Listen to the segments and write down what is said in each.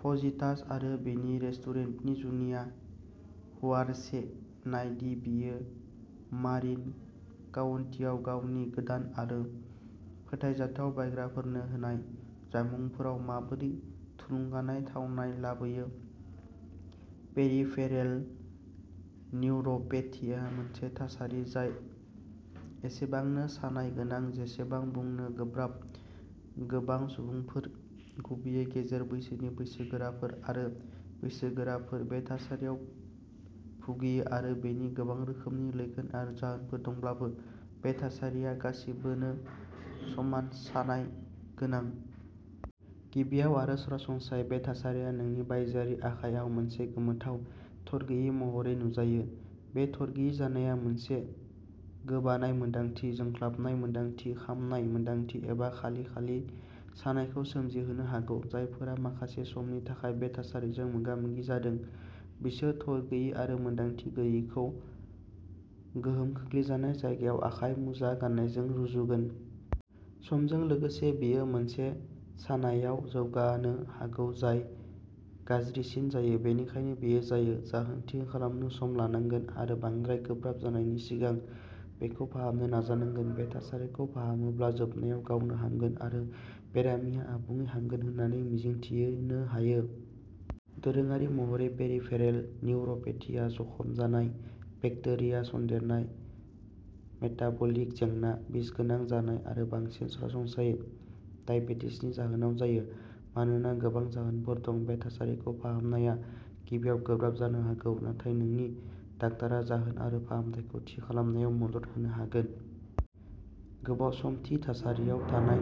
Fajitas आरो बिनि रेस्टुरेन्टनि जुनिया, हुआरचे। नायदि बियो मारिन काउन्टिआव गावनि गोदान आरो फोथायजाथाव बायग्राफोरनो होनाय जामुंफोराव माबोरै थुलुंगानाय थावनाय लाबोयो। पेरिफेरेल निउर'पेथिया मोनसे थासारि जाय एसेबांनो सानाय गोनां जेसेबां बुंनो गोब्राब। गोबां सुबुंफोर, गुबैयै गेजेर बैसोनि बैसोगोराफोर आरो बैसोगोराफोर, बे थासारियाव भुगियो आरो बेनि गोबां रोखोमनि लैखोन आरो जाहोनफोर दंब्लाबो, बे थासारिया गासिबोनो समान सानाय गोनां। गिबियाव आरो सरासनस्रायै, बे थासारिया नोंनि बायजोआरि आखाइ आव मोनसे गोमोथाव थरगैयि महरै नुजायो। बे थरगैयि जानाया मोनसे गोबानाय मोनदांथि, जोंख्लाबनाय मोनदांथि, खामनाय मोनदांथि, एबा खालि खालि सानायखौ सोमजिहोनो हागौ। जायफोरा माखासे समनि थाखाय बे थासारिजों मोगा मोगि जादों बिसोर थरगैयि आरो मोनदांथि गैयैखौ गोहोम खोख्लैजानाय जायगायाव आखाइ मुजा गाननायजों रुजुगोन। समजों लोगोसे, बेयो मोनसे सानायआव जौगानो हागौ जाय गाज्रिसिन जायो, बेनिखायनो बेयो जायो। जाहोन थि खालामनो सम लानांगोन आरो बांद्राय गोब्राब जानायनि सिगां बेखौ फाहामनो नाजानांगोन। बे थासारिखौ फाहामोब्ला जोबनायाव गावनो हामगोन आरो बेरामिया आबुङै हामगोन होननानै मिजिंथिनो हायो। दोरोङारि महरै पेरिफेरेल निउर'पेथिआ जखम जानाय, बेक्टेरिया सन्देरनाय, मेटाबलिक जेंना, बिसगोनां जानाय आरो बांसिन सरासनस्रायै दाइबेटिसनि जाहोनाव जायो। मानोना गोबां जाहोनफोर दं, बे थासारिखौ फाहामनाया गिबियाव गोब्राब जानो हागौ, नाथाय नोंनि डाक्टारआ जाहोन आरो फाहामथायखौ थि खालामनायाव मदद होनो हागोन। गोबाव सम थि थासारियाव थानाय,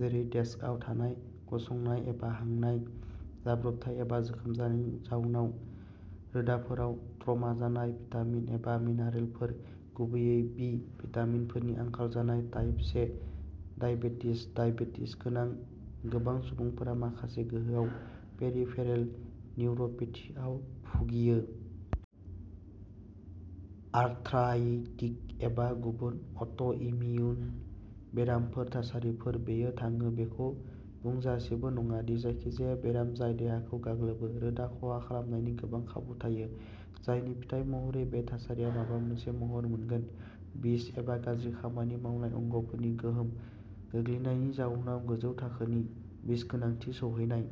जेरै डेस्कआव थानाय, गसंनाय एबा हांनाय। जाब्रबथाय एबा जोखोम जानायनि जाउनाव रोदाफोराव ट्रमा जानाय। भिटामिन एबा मिनारेलफोर, गुबैयै बि भिटामिनफोरनि आंखाल जानाय। टाइप से दाइबेटिस दाइबेटिस गोनां गोबां सुबुंफोरा माखासे गोहोआव पेरिफेरेल निउर'पेथिआव भुगियो। आर्थ्राइटिक एबा गुबुन अट'इमिउन बेरामफोर थासारिफोर। बेयो थाङो बेखौ बुंजासेबो नङा दि जायखिजाया बेराम जाय देहाखौ गाग्लोबो, रोदा खहा खालामनायनि गोबां खाबु थायो, जायनि फिथाय महरै बे थासारिया माबा मोनसे महर मोनगोन। बिस एबा गाज्रि खामानि मावनाय अंगफोरनि गोहोम गोग्लैनायनि जाउनाव गोजौ थाखोनि बिसगोनांथि सौहैनाय।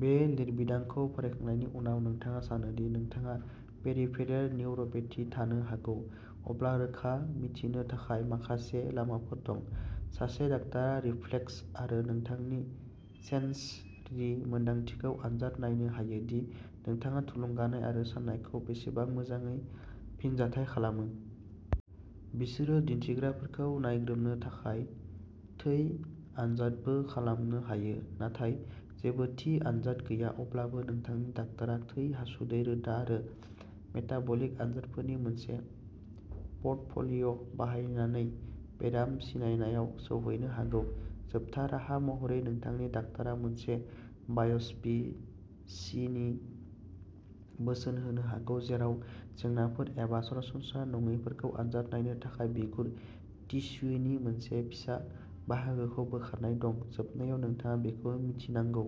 बे लिरबिदांखौ फरायखांनायनि उनाव नोंथाङा सानो दि नोंथांहा पेरिफेरेल निउर'पेथि थानो हागौ, अब्ला रोखा मिथिनो थाखाय माखासे लामाफोर दं। सासे डाक्टारा रिफ्लेक्स आरो नोंथांनि सेन्सरि मोनदांथिखौ आनजाद नायनो हायो दि नोंथाङा थुलुंगानाय आरो सानायखौ बेसेबां मोजाङै फिनजाथाय खालामो। बिसोरो दिन्थिग्राफोरखौ नायग्रोमनो थाखाय थै आनजादबो खालामनो हायो, नाथाय जेबो थि आनजाद गैया। अब्लाबो, नोंथांनि डाक्टारा थै, हासुदै, रोदा आरो मेटाबलिक आनजादफोरनि मोनसे प'र्टफ'लिय' बाहायनानै बेराम सिनायनायाव सौहैनो हागौ। जोबथा राहा महरै, नोंथांनि डाक्टारा मोनसे बाय'प्सीनि बोसोन होनो हागौ, जेराव जेंनाफोर एबा सरासनस्रा नङैफोरखौ आनजाद नायनो थाखाय बिगुर टिस्युनि मोनसे फिसा बाहागोखौ बोखारनाय दं। जोबनायाव, नोंथाङा बेखौ मिथिनांगौ।